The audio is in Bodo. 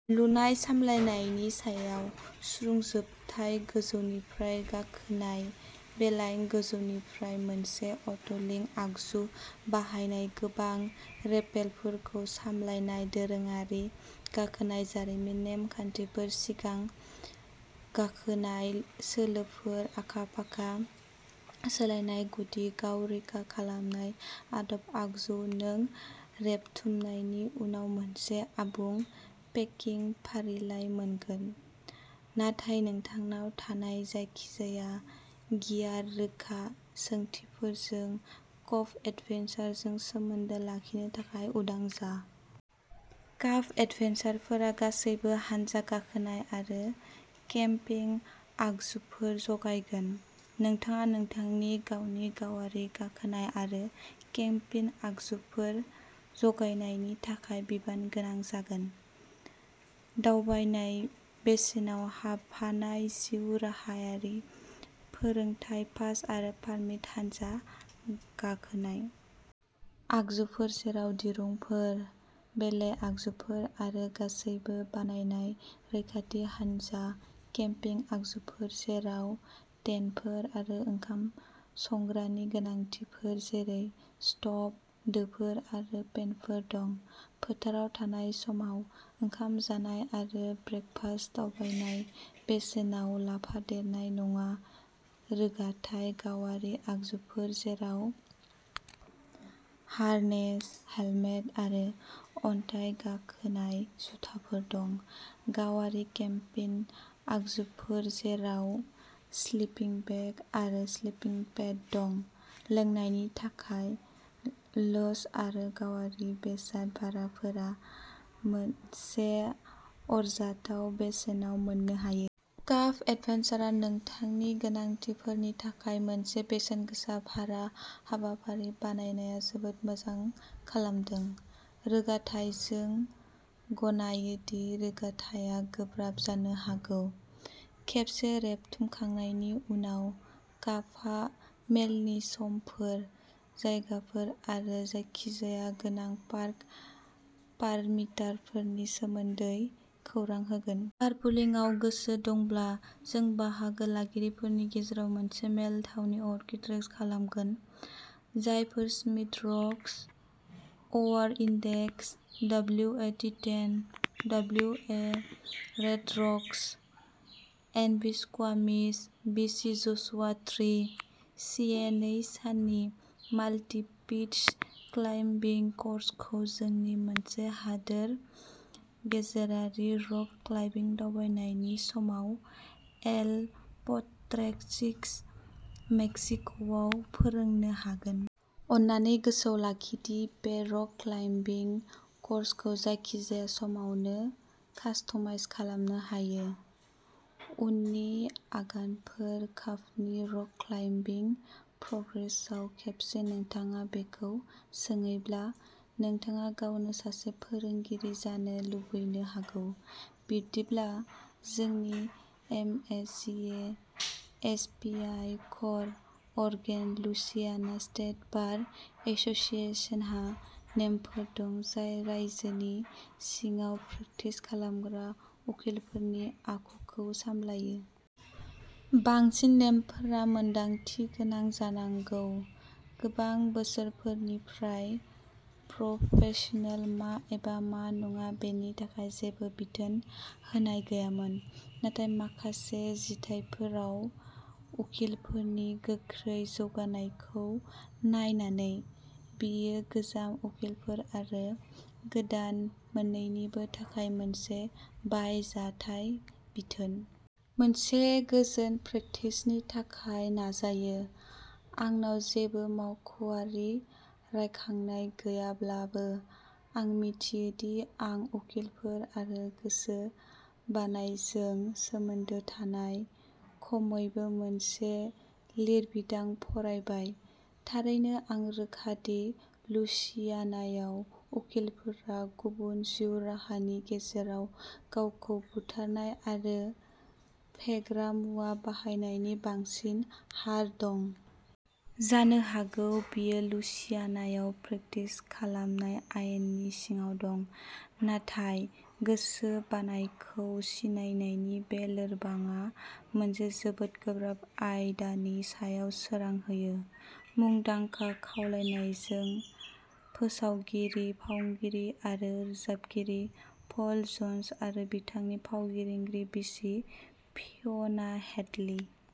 लुनाय सामलायनायनि सायाव सुंज्रोबथाय गोजौनिफ्राय गाखोनाय बेलेइं गोजौनिफ्राय मोनसे अट' लकिं आगजु बाहायनाय गोबां रेपेलफोरखौ सामलायनाय दोरोङारि गाखोनाय जारिमिन नेम खान्थिफोर सिगां गाखोनाय सोलोफोर आखा-फाखा सोलायनाय गुदि गाव-रैखा खालामनाय आदब आगजु नों रेबथुमनायनि उनाव मोनसे आबुं पेकिं फारिलाइ मोनगोन, नाथाय नोंथांनाव थानाय जायखिजाया गियार रोखा सोंथिफोरजों काफ एडभेन्चारजों सोमोन्दो लाखिनो थाखाय उदां जा। काफ एडभेन्चारफोरा गासैबो हानजा गाखोनाय आरो केम्पिं आगजुफोर जगायगोन। नोंथाङा नोंथांनि गावनि गावारि गाखोनाय आरो केम्पिं आगजुफोर जगायनायनि थाखाय बिबान गोनां जागोन। दावबायनाय बेसेनाव हाबफानाय जिउ राहायारि फोरोंथाय पास आरो पारमिट हानजा गाखोनाय आगजुफोर जेराव दिरुंफोर, बेले आगजुफोर, आरो गासैबो बानायनाय रैखाथि हानजा केम्पिं आगजुफोर जेराव टेन्टफोर आरो ओंखाम संग्रानि गोनांथिफोर जेरै स्ट'भ, दोफोर आरो पेनफोर दं, फोथाराव थानाय समाव ओंखाम जानाय आरो ब्रेकफास्ट दावबायनाय बेसेनाव लाफादेरनाय नङा रोगाथाय गावारि आगजुफोर जेराव हार्नेस, हेलमेट, आरो अन्थाइ गाखोनाय जुथाफोर दं, गावारि केम्पिं आगजुफोर जेराव स्लिपिं बेग आरो स्लिपिं पेड दं, लोंनायनि थाखाय लञ्च आरो गावारि बेसाद भाराफोरा मोनसे आरजाथाव बेसेनाव मोननो हायो। काफ एडभेन्चारआ नोंथांनि गोनांथिफोरनि थाखाय मोनसे बेसेनगोसा भारा हाबाफारि बानायनाया जोबोद मोजां खालामदों। रोगाथाइ जों गनायो दि रोगाथाइआ गोब्राब जानो हागौ। खेबसे रेबथुमखांनायनि उनाव, काफआ मेलनि समफोर, जायगाफोर आरो जायखिजाया गोनां पार्किं पारमिटफोरनि सोमोन्दै खौरां होगोन। कारपुलिंआव गोसो दंब्ला, जों बाहागो लागिरिफोरनि गेजेराव मोनसे मेल थावनि अरकेस्ट्रेट खालामगोन। जायगाफोर Smith Rocks, O R Index, W A Teton, W A Red Rocks, N V Squamish, B C Joshua Tree, C A नै साननि माल्टि पिच क्लाइम्बिं क'र्सखौ जोंनि मोनसे हादोर गेजेरारि रक क्लाइम्बिं दावबायनायनि समाव एल प'ट्रेर'चिक, मेक्सिक'आव फोरोंनो हागोन। अन्नानै गोसोआव लाखि दि बे रक क्लाइम्बिं क'र्सखौ जायखिजाया समावनो कास्टमाइज खालामनो हायो। उननि आगानफोर काफनि रक क्लाइम्बिं प्रग्रेसनआव खेबसे नोंथाङा बेखौ सौहैब्ला, नोंथाङा गावनो सासे फोरोंगिरि जानो लुबैनो हागौ। बिदिब्ला, जोंनि एएमजिए एसपिआइ क'र अरेगन लुइसियाना स्टेट बार एस'सिएशनहा नेमफोर दं जाय रायजोनि सिङाव प्रेक्टिस खालामग्रा उखिलफोरनि आखुखौ सामलायो। बांसिन नेमफोरा मोनदांथि गोनां जानांगौ। गोबां बोसोरफोरनिफ्राय प्रफेसनेल मा एबा मा नङा बेनि थाखाय जेबो बिथोन होनाय गैयामोन। थांनाय माखासे जिथाइफोराव उखिलफोरनि गोख्रै जौगानायखौ नायनानै, बेयो गोजाम उखिलफोर आरो गोदान मोन्नैनिबो थाखाय मोनसे बाहायजाथाव बिथोन। मोनसे गोजोन प्रेक्टिसनि थाखाय नाजायो। आंनाव जेबो मावख'आरि रायखांनाय गैयाब्लाबो, आं मिथियो दि आं उखिलफोर आरो गोसो बायनायजों सोमोन्दो थानाय खमैबो मोनसे लिरबिदां फरायबाय। थारैनो, आं रोखा दि लुइसियानायाव उखिलफोरा गुबुन जिउ राहानि गेजेराव गावखौ बुथारनाय आरो फेग्रा मुवा बाहायनायनि बांसिन हार दं। जानो हागौ बेयो लुइसियानायाव प्रेक्टिस खालामनाय आयेननि सिङाव दं, नाथाय गोसो बायनायखौ सिनायनायनि बे लिरबिदांआ मोनसे जोबोद गोब्राब आयदानि सायाव सोरां होयो। मुंदांखा खावलायनायजों, फोसावगिरि, फावखुंगुर आरो रोजाबगिरि पल जन्स, आरो बिथांनि फावखुंग्रि बिसि फिय'ना हेडलि,